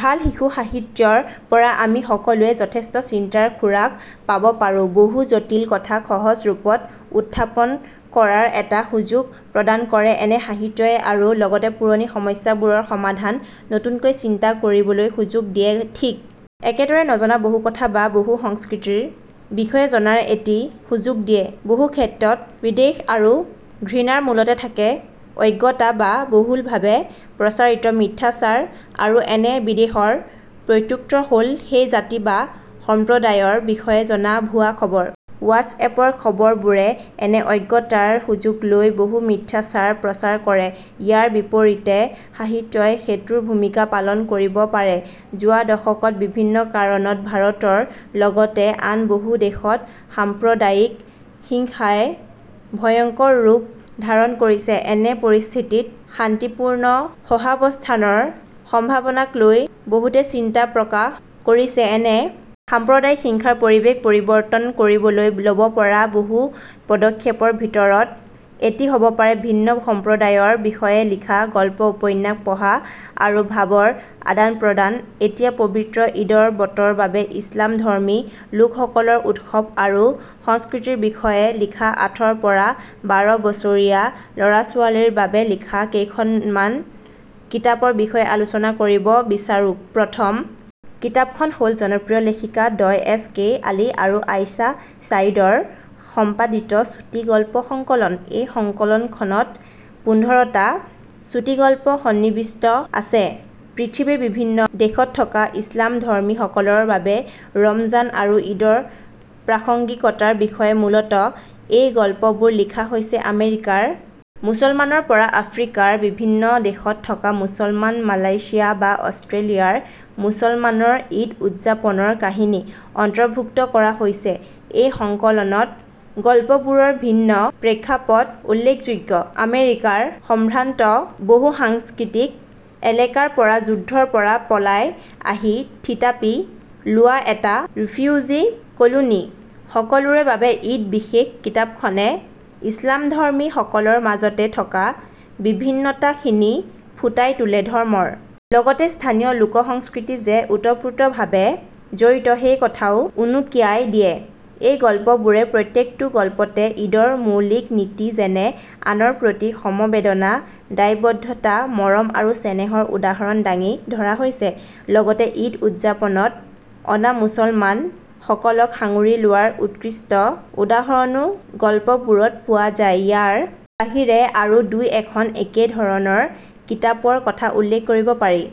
ভাল শিশু সাহিত্যৰ পৰা আমি সকলোৱে যথেষ্ট চিন্তাৰ খোৰাক পাব পাৰোঁ। বহু জটিল কথাক সহজ ৰূপত উত্থাপন কৰাৰ এটা সুযোগ প্ৰদান কৰে এনে সাহিত্যই আৰু লগতে পুৰণি সমস্যাবোৰৰ সমাধান নতুনকৈ চিন্তা কৰিবলৈ সুযোগ দিয়ে। ঠিক একে দৰে নজনা বহু কথা বা বহু সংস্কৃতিৰ বিষয়ে জনাৰ এটি সুযোগ দিয়ে। বহু ক্ষেত্ৰত বিদ্বেষ আৰু ঘৃণাৰ মূলতে থাকে অজ্ঞতা বা বহুল ভাৱে প্ৰচাৰিত মিথ্যাচাৰ। আৰু এনে বিদ্বেষৰ প্ৰত্যুত্তৰ হ'ল সেই জাতি বা সম্প্ৰদায়ৰ বিষয়ে জনা ভূৱা খবৰ। ৱাট্ছ এপৰ খবৰবোৰে এনে অজ্ঞতাৰ সুযোগলৈ বহু মিথ্যাচাৰ প্ৰচাৰ কৰে। ইয়াৰ বিপৰীতে সাহিত্যই সেতুৰ ভূমিকা পালন কৰিব পাৰে। যোৱা দশকত বিভিন্ন কাৰণত ভাৰতৰ লগতে আন বহু দেশত সাম্প্ৰদায়িক হিংসাই ভয়ঙ্কৰ ৰূপ ধাৰণ কৰিছে। এনে পৰিস্থিতিত শান্তিপূৰ্ণ সহাৱস্থানৰ সম্ভাৱনাকলৈ বহুতে চিন্তা প্ৰকাশ কৰিছে। এনে সাম্প্ৰদায়িক হিংসাৰ পৰিবেশ পৰিবৰ্তন কৰিবলৈ লব পৰা বহু পদক্ষেপৰ ভিতৰত এটি হ'ব পাৰে ভিন্ন সম্প্ৰদায়ৰ বিষয়ে লিখা গল্প উপন্যাস পঢ়া আৰু ভাৱৰ আদানপ্ৰদান। এতিয়া পৱিত্ৰ ঈদৰ বতৰ বাবে ইছলামধৰ্মী লোকসকলৰ উৎসৱ আৰু সংস্কৃতিৰ বিষয়ে লিখা আঠৰ পৰা বাৰ বছৰীয়া ল'ৰা-ছোৱালীৰ বাবে লিখা কেইখনমান কিতাপৰ বিষয়ে আলোচনা কৰিব বিচাৰোঁ। প্ৰথম কিতাপখন হ'ল জনপ্ৰিয় লেখিকা দ্বয় এছ কে আলী আৰু আয়শা সাঈদৰ সম্পাদিত চুটি গল্প সংকলন। এই সংকলনখনত পোন্ধৰটা চুটি গল্প সন্নিৱিষ্ট আছে। পৃথিৱীৰ বিভিন্ন দেশত থকা ইছলামধৰ্মীসকলৰ বাবে ৰমজান আৰু ঈদৰ প্ৰাসংগিকতাৰ বিষয়ে মুলতঃ এই গল্পবোৰ লিখা হৈছে। আমেৰিকাৰ মুছলমানৰ পৰা আফ্ৰিকাৰ বিভিন্ন দেশত থকা মুছলমান, মালয়শিয়া বা অষ্ট্ৰেলিয়াৰ মুছলমানৰ ঈদ উদযাপনৰ কাহিনী অন্তৰ্ভুক্ত কৰা হৈছে এই সংকলনত। গল্পবোৰৰ ভিন্ন প্ৰেক্ষাপট উল্লেখযোগ্য। আমেৰিকাৰ সম্ভ্ৰান্ত বহুসাংস্কৃতিক এলেকাৰ পৰা যুদ্ধৰ পৰা পলাই আহি থিতাপি লোৱা এটা ৰিফিউজী কলোনী, সকলোৰে বাবে ঈদ বিশেষ কিতাপখনে ইছলামধৰ্মী সকলৰ মাজতে থকা বিভিন্নতাখিনি ফুটাই তোলে। ধৰ্মৰ লগতে স্থানীয় লোকসংস্কৃতি যে ওতঃপ্ৰোতভাৱে জড়িত সেই কথাও উনুকিয়াই দিয়ে। এই গল্পবোৰে প্ৰত্যেকটো গল্পতে ঈদৰ মৌলিক নীতি যেনে আনৰ প্ৰতি সমবেদনা, দায়বদ্ধতা, মৰম আৰু চেনেহৰ উদাহৰণ দাঙি ধৰা হৈছে। লগতে ঈদ উদযাপনত অনা মুছলমান সকলক সাঙুৰি লোৱাৰ উৎকৃষ্ট উদাহৰণো গল্পবোৰত পোৱা যায়। ইয়াৰ বাহিৰে আৰু দুই এখন একে ধৰণৰ কিতাপৰ কথা উল্লেখ কৰিব পাৰি।